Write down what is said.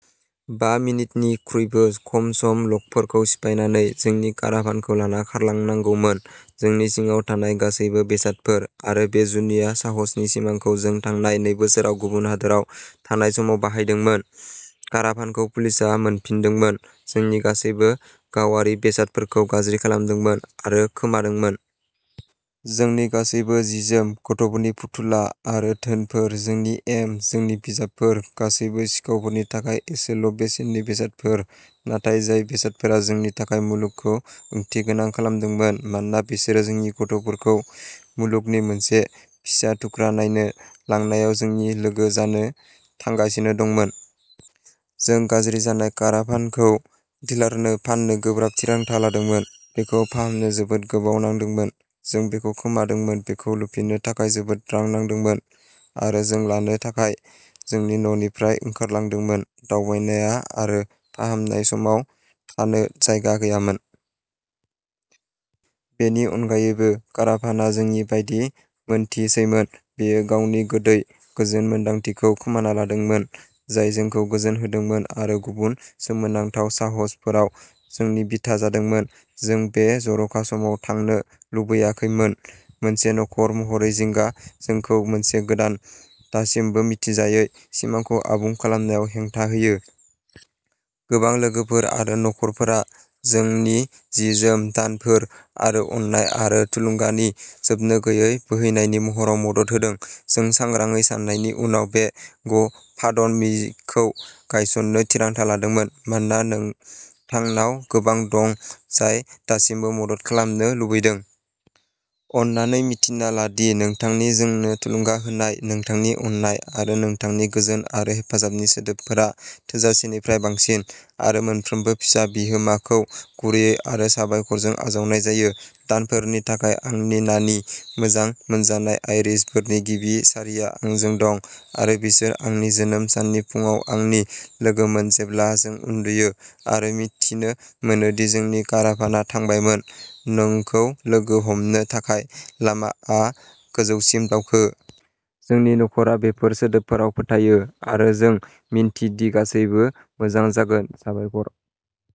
बा मिनिटनिख्रुइबो खम सम ल'कफोरखौ सिफायनानै जोंनि काराभानखौ लाना खारलांनांगौमोन, जोंनि सिङाव थानाय गासैबो बेसादफोर, आरो बे जुनिया साहसनि सिमांखौ जों थांनाय नै बोसोराव गुबुन हादोराव थानाय समाव बाहायदोंमोन। काराभानखौ पुलिसआ मोनफिनदोंमोन, जोंनि गासैबो गावारि बेसादफोरखौ गाज्रि खालामदोंमोन आरो खोमादोंमोन। जोंनि गासैबो जि जोम, गथ'फोरनि फुथुला आरो धोनफोर, जोंनि एम, जोंनि बिजाबफोर गासैबो सिखावफोरनि थाखाय एसेल' बेसेननि बेसादफोर, नाथाय जाय बेसादफोरा जोंनि थाखाय मुलुगखौ ओंथिगोनां खालामदोंमोन मानोना बिसोरो जोंनि गथ'फोरखौ मुलुगनि मोनसे फिसा थुख्रा नायनो लांनायाव जोंनि लोगो जानो थांगासिनो दंमोन। जों गाज्रि जानाय काराभानखौ डिलारनो फान्नो गोब्राब थिरांथा लादोंमोन। बेखौ फाहामनो जोबोद गोबाव नांदोंमोन, जों जेखौ खोमादोंमोन बेखौ लुफिननो थाखाय जोबोद रां नांदोंमोन, आरो जों लानो थाखाय जोंनि न'निफ्राय ओंखारलांदोंमोन। दावबायनाया आरो फाहामनाय समाव थानो जायगा गैयामोन। बेनि अनगायैबो, काराभानआ जोंनि बायदि मोनथिसैमोन। बेयो गावनि गोदै, गोजोन मोन्दांथिखौ खोमाना लादोंमोन, जाय जोंखौ गोजोन होदोंमोन आरो गुबुन सोमोनांथाव साहसफोराव जोंनि बिथा जादोंमोन। जों बे जर'खा समाव थांनो लुगैयाखैमोन, मोनसे नखर महरै जिंगा जोंखौ मोनसे गोदान दासिमबो मिथिजायै सिमांखौ आबुं खालामनायाव हेंथा होयो। गोबां लोगोफोर आरो नखरफोरा जोंनो जि जोम, दानफोर, आरो अननाय आरो थुलुंगानि जोबनो गैयै बोहैनायनि महराव मदद होदों। जों सांग्राङै साननायनि उनाव, बे ग' फान्ड मिखौ गायसन्नो थिरांथा लादोंमोन, मानोना नोंथांनाव गोबां दं जाय दासिमबो मदद खालामनो लुबैदों। अन्नानै मिन्थिना ला दि नोंथांनि जोंनो थुलुंगा होनाय, नोंथांनि अननाय, आरो नोंथांनि गोजोन आरो हेफाजाबनि सोदोबफोरा थोजासेनिफ्राय बांसिन, आरो मोनफ्रोमबो फिसा बिहोमाखौ गुरैयै आरो साबायखरजों आजावनाय जायो। दानफोरनि थाखाय आंनि नानानि मोजां मोनजानाय आइरिश बोरनि गिबि सारिआ आंजों दं, आरो बिसोर आंनि जोनोम साननि फुंआव आंनि लोगोमोन जेब्ला जों उन्दुयो आरो मिथिनो मोनो दि जोंनि काराभानआ थांबायमोनः "नोंखौ लोगो हमनो थाखाय लामाआ गोजौसिम दावखो।" जोंनि नखरा बेफोर सोदोबफोराव फोथायो, आरो जों मिन्थिदि गासैबो मोजां जागोन। साबायखर।